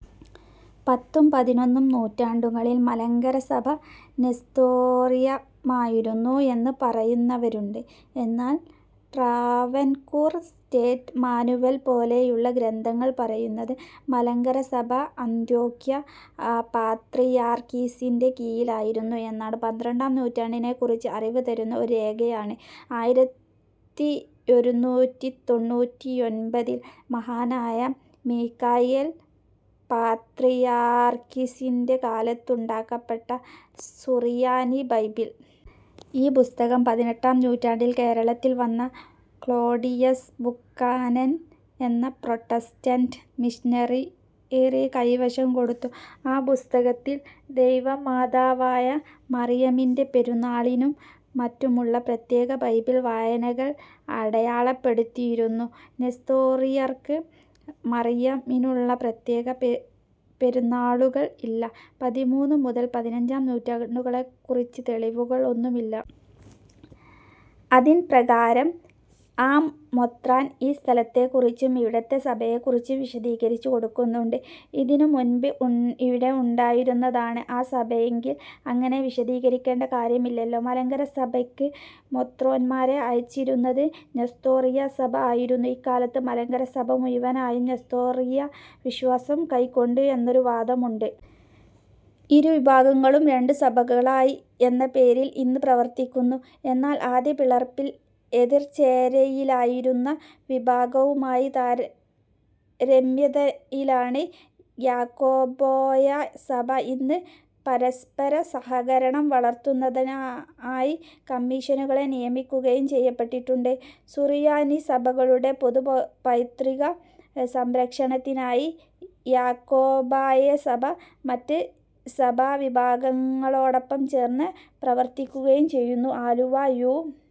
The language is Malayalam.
പത്തും പതിനൊന്നും നൂറ്റാണ്ടുകളിൽ മലങ്കര സഭ നെസ്തോറിയമായിരുന്നു എന്ന് പറയുന്നവരുണ്ട്. എന്നാൽ ട്രാവൻകൂർ സ്റ്റേറ്റ് മാനുവൽ പോലെയുള്ള ഗ്രന്ഥങ്ങൾ പറയുന്നത് മലങ്കര സഭ അന്ത്യോക്യ പാത്രിയാർക്കീസിൻ്റെ കീഴിൽ ആയിരുന്നു എന്നാണ്. പന്ത്രണ്ടാം നൂറ്റാണ്ടിനേക്കുറിച്ച് അറിവ് തരുന്ന ഒരു രേഖയാണ് ആയിരത്തിയൊരുനൂറ്റിത്തൊണ്ണൂറ്റിയൊൻപതിൽ മഹാനായ മിഖായേൽ പാത്രിയാർക്കിസിൻ്റെ കാലത്ത് ഉണ്ടാക്കപ്പെട്ട സുറിയാനി ബൈബിൾ. ഈ പുസ്തകം പതിനെട്ടാം നൂറ്റാണ്ടിൽ കേരളത്തിൽ വന്ന ക്ലോഡിയസ് ബുക്കാനൻ എന്ന പ്രൊട്ടസ്റ്റൻ്റ് മിഷനറി കൈവശം കൊടുത്തു. ആ പുസ്തകത്തിൽ ദൈവമാതാവായ മറിയമിൻ്റെ പെരുന്നാളിനും മറ്റുമുള്ള പ്രത്യേക ബൈബിൾ വായനകൾ അടയാളപ്പെടുത്തിയിരുന്നു. നെസ്തോറിയർക്ക് മറിയമിനുള്ള പ്രത്യേക പെരുന്നാളുകൾ ഇല്ല. പതിമൂന്ന് മുതൽ പതിനഞ്ചാം നൂറ്റാണ്ടുകളെക്കുറിച്ച് തെളിവുകൾ ഒന്നും ഇല്ല. അതിൻപ്രകാരം ആ മെത്രാൻ ഈ സ്ഥലത്തേക്കുറിച്ചും ഇവിടത്തെ സഭയെക്കുറിച്ചും വിശദീകരിച്ചു കൊടുക്കുന്നുണ്ട്. ഇതിന് മുൻപ് ഇവിടെ ഉണ്ടായിരുന്നതാണ് ആ സഭയെങ്കിൽ അങ്ങനെ വിശദീകരിക്കേണ്ട കാര്യം ഇല്ലല്ലൊ. മലങ്കര സഭക്ക് മെത്രാന്മാരെ അയച്ചിരുന്നത് നെസ്തോറിയ സഭ ആയിരുന്നു. ഇക്കാലത്ത് മലങ്കര സഭ മുഴുവനായും നെസ്തോറിയ വിശ്വാസം കൈക്കൊണ്ടു എന്നൊരു വാദം ഉണ്ട്. ഇരുവിഭാഗങ്ങളും രണ്ട് സഭകളായി എന്ന പേരിലും ഇന്ന് പ്രവർത്തിക്കുന്നു. എന്നാൽ ആദ്യ പിളർപ്പിൽ എതിർചേരിയിലായിരുന്ന വിഭാഗവുമായി രമ്യതയിലാണ് യാക്കോബായ സഭ ഇന്ന്. പരസ്പരസഹകരണം വളർത്തുന്നതിനായി കമ്മീഷനുകളെ നിയമിക്കുകയും ചെയ്യപ്പെട്ടിട്ടുണ്ട്. സുറിയാനി സഭകളുടെ പൊതുപൈതൃക സംരക്ഷണത്തിനായി യാക്കോബായ സഭ മറ്റ് സഭാവിഭാഗങ്ങളോടൊപ്പം ചേർന്ന് പ്രവർത്തിക്കുകയും ചെയ്യുന്നു. ആലുവാ യൂ.